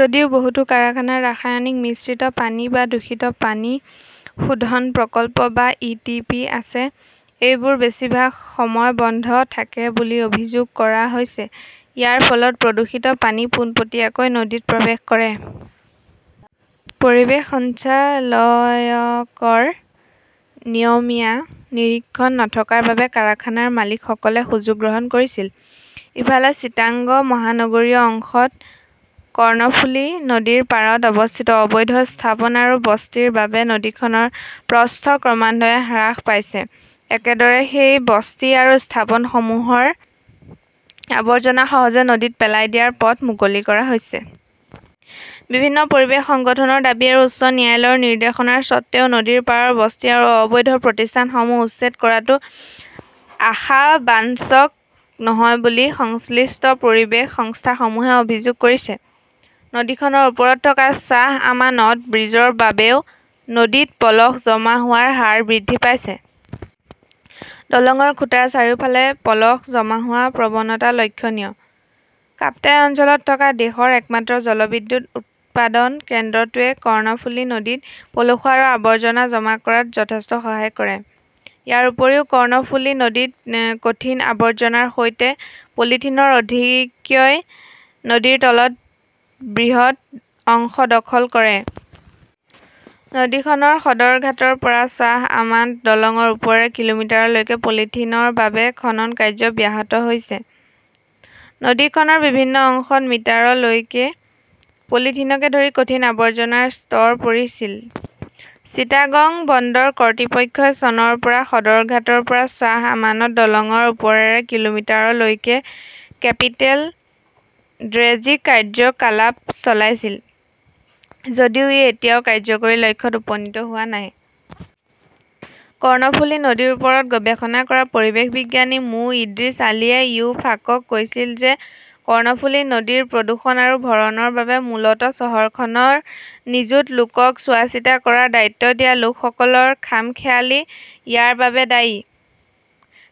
যদিও বহুতো কাৰখানাত ৰাসায়নিক মিশ্ৰিত পানী বা দূষিত পানী শোধন প্ৰকল্প বা ই টি পি আছে, সেইবোৰ বেছিভাগ সময় বন্ধ থাকে বুলি অভিযোগ কৰা হৈছে। ইয়াৰ ফলত প্ৰদূষিত পানী পোনপটীয়াকৈ নদীত প্ৰৱেশ কৰে। পৰিৱেশ সঞ্চালযকৰ নিয়মীয়া নিৰীক্ষণ নথকাৰ বাবে কাৰখানাৰ মালিকসকলে সুযোগ গ্ৰহণ কৰিছিল। ইফালে, চিটাগং মহানগৰীয় অংশত কৰ্ণফুলি নদীৰ পাৰত অৱস্থিত অবৈধ স্থাপন আৰু বস্তিৰ বাবে নদীখনৰ প্ৰস্থ ক্ৰমান্বয়ে হ্ৰাস পাইছে। একেদৰে, সেই বস্তি আৰু স্থাপনসমূহৰ আৱৰ্জনা সহজে নদীত পেলাই দিয়াৰ পথ মুকলি কৰা হৈছে। বিভিন্ন পৰিৱেশ সংগঠনৰ দাবী আৰু উচ্চ ন্যায়ালয়ৰ নিৰ্দেশনাৰ স্বত্বেও নদীৰ পাৰৰ বস্তি আৰু অবৈধ প্ৰতিষ্ঠানসমূহ উচ্ছেদ কৰাটো আশা বাঞ্চক নহয় বুলি সংশ্লিষ্ট পৰিৱেশ সংস্থাসমূহে অভিযোগ কৰিছে। নদীখনৰ ওপৰত থকা শ্বাহ আমানত ব্ৰীজৰ বাবেও নদীত পলস জমা হোৱাৰ হাৰ বৃদ্ধি পাইছে। দলংৰ খুঁটাৰ চাৰিওফালে পলস জমা হোৱাৰ প্ৰৱণতা লক্ষণীয়। কাপ্তাই অঞ্চলত থকা দেশৰ একমাত্ৰ জলবিদ্যুৎ উৎপাদন কেন্দ্ৰটোৱে কৰ্ণফুলী নদীত পলসুৱা আৰু আৱৰ্জনা জমা কৰাত যথেষ্ট সহায় কৰে। ইয়াৰ উপৰিও, কৰ্ণফুলী নদীত কঠিন আৱৰ্জনাৰ সৈতে পলিথিনৰ আধিক্যই নদীৰ তলৰ বৃহৎ অংশ দখল কৰে। নদীখনৰ সদৰঘাটৰ পৰা শ্বাহ আমান্ট দলংৰ ওপৰেৰে কিলোমিটাৰলৈকে পলিথিনৰ বাবে খনন কাৰ্য ব্যাহত হৈছে। নদীখনৰ বিভিন্ন অংশত মিটাৰলৈকে পলিথিনকে ধৰি কঠিন আৱৰ্জনাৰ স্তৰ পৰিছিল। চিটাগং বন্দৰ কৰ্তৃপক্ষই চনৰ পৰা সদৰঘাটৰ পৰা শ্বাহ আমানত দলংৰ ওপৰেৰে কিলোমিটাৰলৈকে কেপিটেল ড্ৰেজিকাৰ্যকলাপ চলাইছিল যদিও ই এতিয়াও কাৰ্যকৰী লক্ষ্যত উপনীত হোৱা নাই। কৰ্ণফুলি নদীৰ ওপৰত গৱেষণা কৰা পৰিৱেশ বিজ্ঞানী মো. ইদ্ৰিছ আলীয়ে ইত্তেফাকক কৈছিল যে কৰ্ণফুলি নদীৰ প্ৰদূষণ আৰু ভৰণৰ বাবে মূলতঃ চহৰখনৰ নিযুত লোকক চোৱাচিতা কৰাৰ দায়িত্ব দিয়া লোকসকলৰ খামখেয়ালী ইয়াৰ বাবে দায়ী।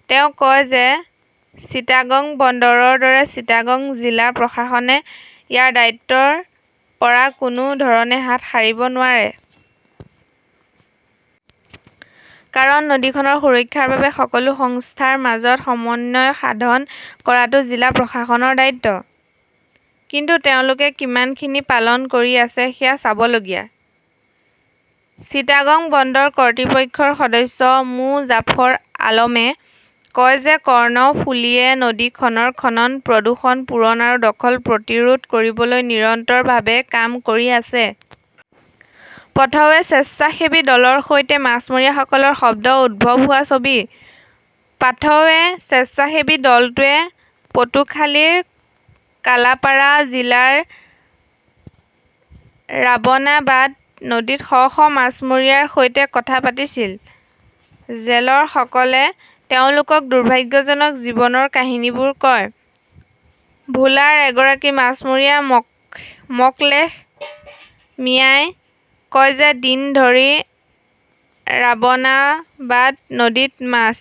তেওঁ কয় যে চিটাগং বন্দৰৰ দৰে চিটাগং জিলা প্ৰশাসনে ইয়াৰ দায়িত্বৰ পৰা কোনো ধৰণে হাত সাৰিব নোৱাৰে। কাৰণ নদীখনৰ সুৰক্ষাৰ বাবে সকলো সংস্থাৰ মাজত সমন্বয় সাধন কৰাটো জিলা প্ৰশাসনৰ দায়িত্ব। কিন্তু তেওঁলোকে কিমানখিনি পালন কৰি আছে সেয়া চাবলগীয়া। চিটাগং বন্দৰ কৰ্তৃপক্ষৰ সদস্য মো. জাফৰ আলমে কয় যে কৰ্ণফুলীয়ে নদীখনৰ খনন, প্ৰদূষণ, পূৰণ আৰু দখল প্ৰতিৰোধ কৰিবলৈ নিৰন্তৰভাৱে কাম কৰি আছে। পাথৱে স্বেচ্ছাসেৱী দলৰ সৈতে মাছমৰীয়াসকলৰ শব্দত উদ্ভৱ হোৱা ছবি। পাথৱে স্বেচ্ছাসেৱী দলটোৱে পটুখালিৰ কালাপাৰা জিলাৰ ৰাবনাবাদ নদীত শ শ মাছমৰীয়াৰ সৈতে কথা পাতিছিল। জেলেৰসকলে তেওঁলোকক দুৰ্ভাগ্যজনক জীৱনৰ কাহিনীবোৰ কয়। ভোলাৰ এগৰাকী মাছমৰীয়া মকলেস মিয়াই কয় যে দিন ধৰি ৰাবনাবাদ নদীত মাছ